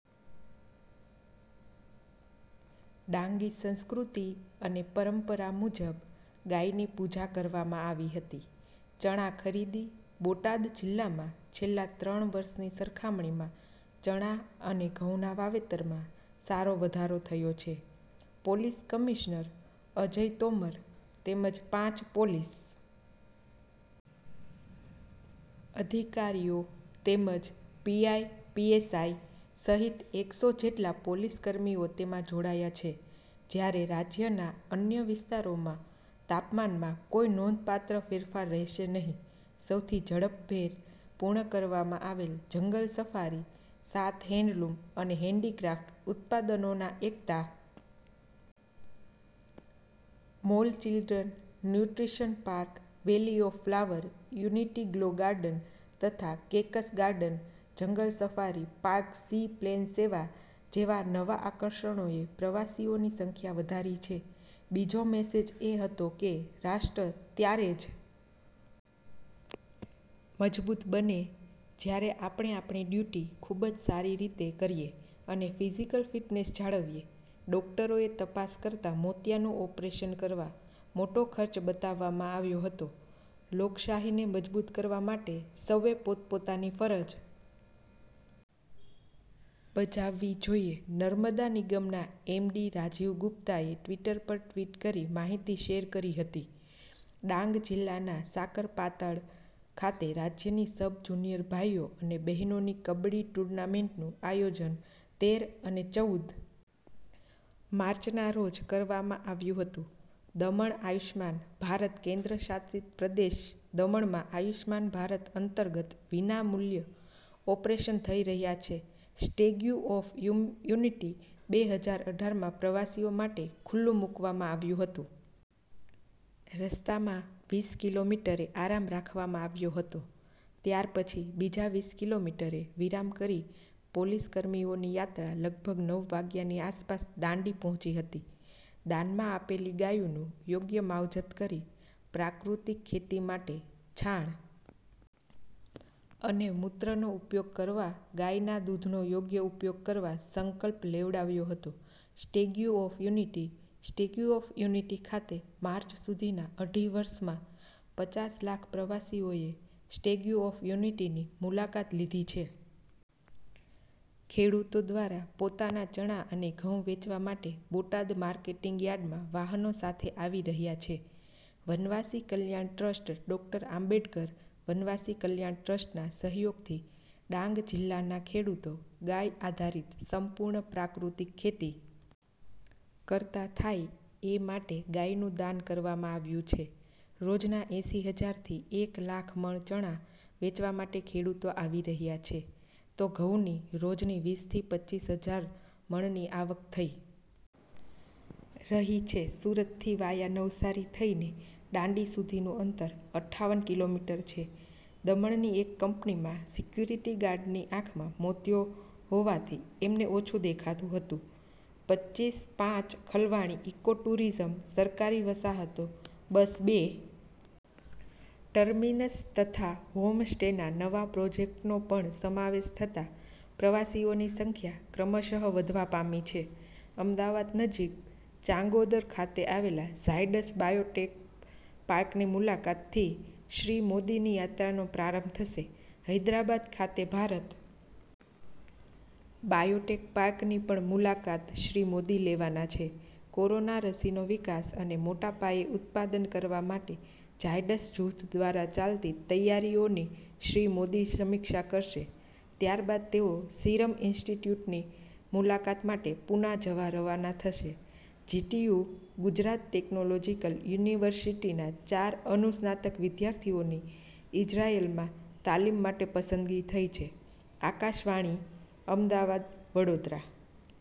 ડાંગી સંસ્કૃતિ અને પરંપરા મુજબ ગાયની પૂજા કરવામાં આવી હતી ચણા ખરીદી બોટાદ જીલ્લામાં છેલ્લા ત્રણ વર્ષની સરખામણીમાં ચણા અને ઘઉંના વાવેતરમાં સારો વધારો થયો છે પોલીસ કમિશનર અજય તોમર તેમજ પાંચ પોલીસ અધિકારીઓ તેમજ પીઆઈપીએસઆઈ સહિત એકસો જેટલા પોલીસકર્મીઓ તેમાં જોડાયા છે જ્યારે રાજ્યના અન્ય વિસ્તારોમાં તાપમાનમાં કોઈ નોંધપાત્ર ફેરફાર રહેશે નહીં સૌથી ઝડપભેર પૂર્ણ કરવામાં આવેલ જંગલ સફારી સાત હેન્ડલુમ અને હેન્ડીક્રાફટ ઉત્પાદનોના Ekta mall children nutrition park valley of flower unity glow garden તથા cactus garden jungle safari park seaplane સેવા જેવા નવા આકર્ષણોએ પ્રવાસીઓ ની સંખ્યા વધારી છે બીજો મેસેજ એ હતો કે રાષ્ટ્ર ત્યારેજ મજબૂત બને જ્યારે આપણે આપણી ડ્યુટી ખૂબજ સારી રીતે કરીએ અને ફિઝિકલ ફિટનેસ જાળવીએ ડોક્ટરોએ તપાસ કરતાં મોતિયાનું ઓપરેશન કરવા મોટો ખર્ચ બતાવવામાં આવ્યો હતો લોકશાહીને મજબૂત કરવા માટે સૌ એ પોતપોતાની ફરજ બજાવવી જોઈએ નર્મદા નિગમના એમ ડી રાજીવ ગુપ્તા એ ટ્વીટર પર ટ્વીટ કરી માહિતી શેર કરી હતી ડાંગ જિલ્લાના સાકરપાતળ ખાતે રાજ્યની સબ જુનિયર ભાઈઓ અને બહેનોની કબડ્ડી ટુર્નામેન્ટનું આયોજન તેર અને ચૌદ માર્ચના રોજ કરવામાં આવ્યું હતું દમણ આયુષ્માન ભારત કેન્દ્રશાસિત પ્રદેશ દમણમાં આયુષ્માન ભારત અંતર્ગત વિના મુલ્ય ઓપરેશન થઈ રહ્યા છે સ્ટેગ્યુ ઓફ યુનિટી બે હજાર અઢાર માં પ્રવાસીઓ માટે ખુલ્લું મુકવામાં આવ્યું હતું રસ્તામાં વીસ કિલોમીટરે આરામ રાખવામાં આવ્યો હતો ત્યાર પછી બીજા વીસ કિલોમીટરે વિરામ કરી પોલીસકર્મીઓની યાત્રા લગભગ નવ વાગ્યાની આસપાસ દાંડી પહોંચી હતી દાનમાં આપેલી ગાયોનું યોગ્ય માવજત કરી પ્રાકૃતિક ખેતી માટે છાણ અને મૂત્રનો ઉપયોગ કરવા ગાયના દૂધનો યોગ્ય ઉપયોગ કરવા સંકલ્પ લેવડાવ્યો હતો Statue of Unity Statue of Unity ખાતે માર્ચ સુધીના અઢી વર્ષમાં પચાસ લાખ પ્રવાસીઓએ સ્ટેગ્યુ ઓફ યુનિટી ની મુલાકાત લીધી છે ખેડૂતો દ્વારા પોતાના ચણા અને ઘઉં વેચવા માટે બોટાદ માર્કેટિંગ યાર્ડમાં વાહનો સાથે આવી રહ્યા છે વનવાસી કલ્યાણ ટ્રસ્ટ ડોક્ટર આંબેડકર વનવાસી કલ્યાણ ટ્રસ્ટના સહયોગથી ડાંગ જિલ્લાના ખેડૂતો ગાય આધારિત સંપૂર્ણ પ્રાકૃતિક ખેતી કરતા થાય એ માટે ગાયનું દાન કરવામાં આવ્યું છે રોજના એંસી હજાર થી એક લાખ મણ ચણા વેચવા માટે ખેડૂતો આવી રહ્યા છે તો ઘઉંની રોજની વીસ થી પચ્ચીસ હજાર મણની આવક થઈ રહી છે સુરતથી વાયા નવસારી થઈને દાંડી સુધીનું અંતર અઠ્ઠાવન કિલોમીટર છે દમણની ઍક કંપનીમાં સિક્યુરિટી ગાર્ડની ઑખમાં મોતિયો હોવાથી એમને ઓછું દેખાતું હતું પચ્ચીસ પાંચ ખલવાણી ઈકો ટુરિઝમ સરકારી વસાહતો બસ બે ટર્મિનસ તથા હોમ સ્ટેના નવા પ્રોજેકટનો પણ સમાવેશ થતા પ્રવાસીઓની સંખ્યા ક્રમશઃ વધવા પામી છે અમદાવાદ નજીક ચાંગોદર ખાતે આવેલા ઝાયડસ બાયોટેક પાર્કની મુલાકાત થી શ્રી મોદીની યાત્રાનો પ્રારંભ થશે હૈદરાબાદ ખાતે ભારત બાયોટેક પાર્કની પણ મુલાકાત શ્રી મોદી લેવાના છે કોરોના રસીનો વિકાસ અને મોટા પાયે ઉત્પાદન કરવા માટે ઝાયડસ જુથ દ્વારા ચાલતી તૈયારીઓની શ્રી મોદી સમીક્ષા કરશે ત્યારબાદ તેઓ સિરમ ઈન્સ્ટિટ્યુટની મુલાકાત માટે પુના જવા રવાના થશે જીટીયુ ગુજરાત ટેકનોલોજીકલ યુનિવર્સિટીના ચાર અનુસ્નાતક વિદ્યાર્થીઓની ઈઝરાયલમાં તાલીમ માટે પસંદગી થઈ છે આકાશવાણી અમદાવાદ વડોદરા।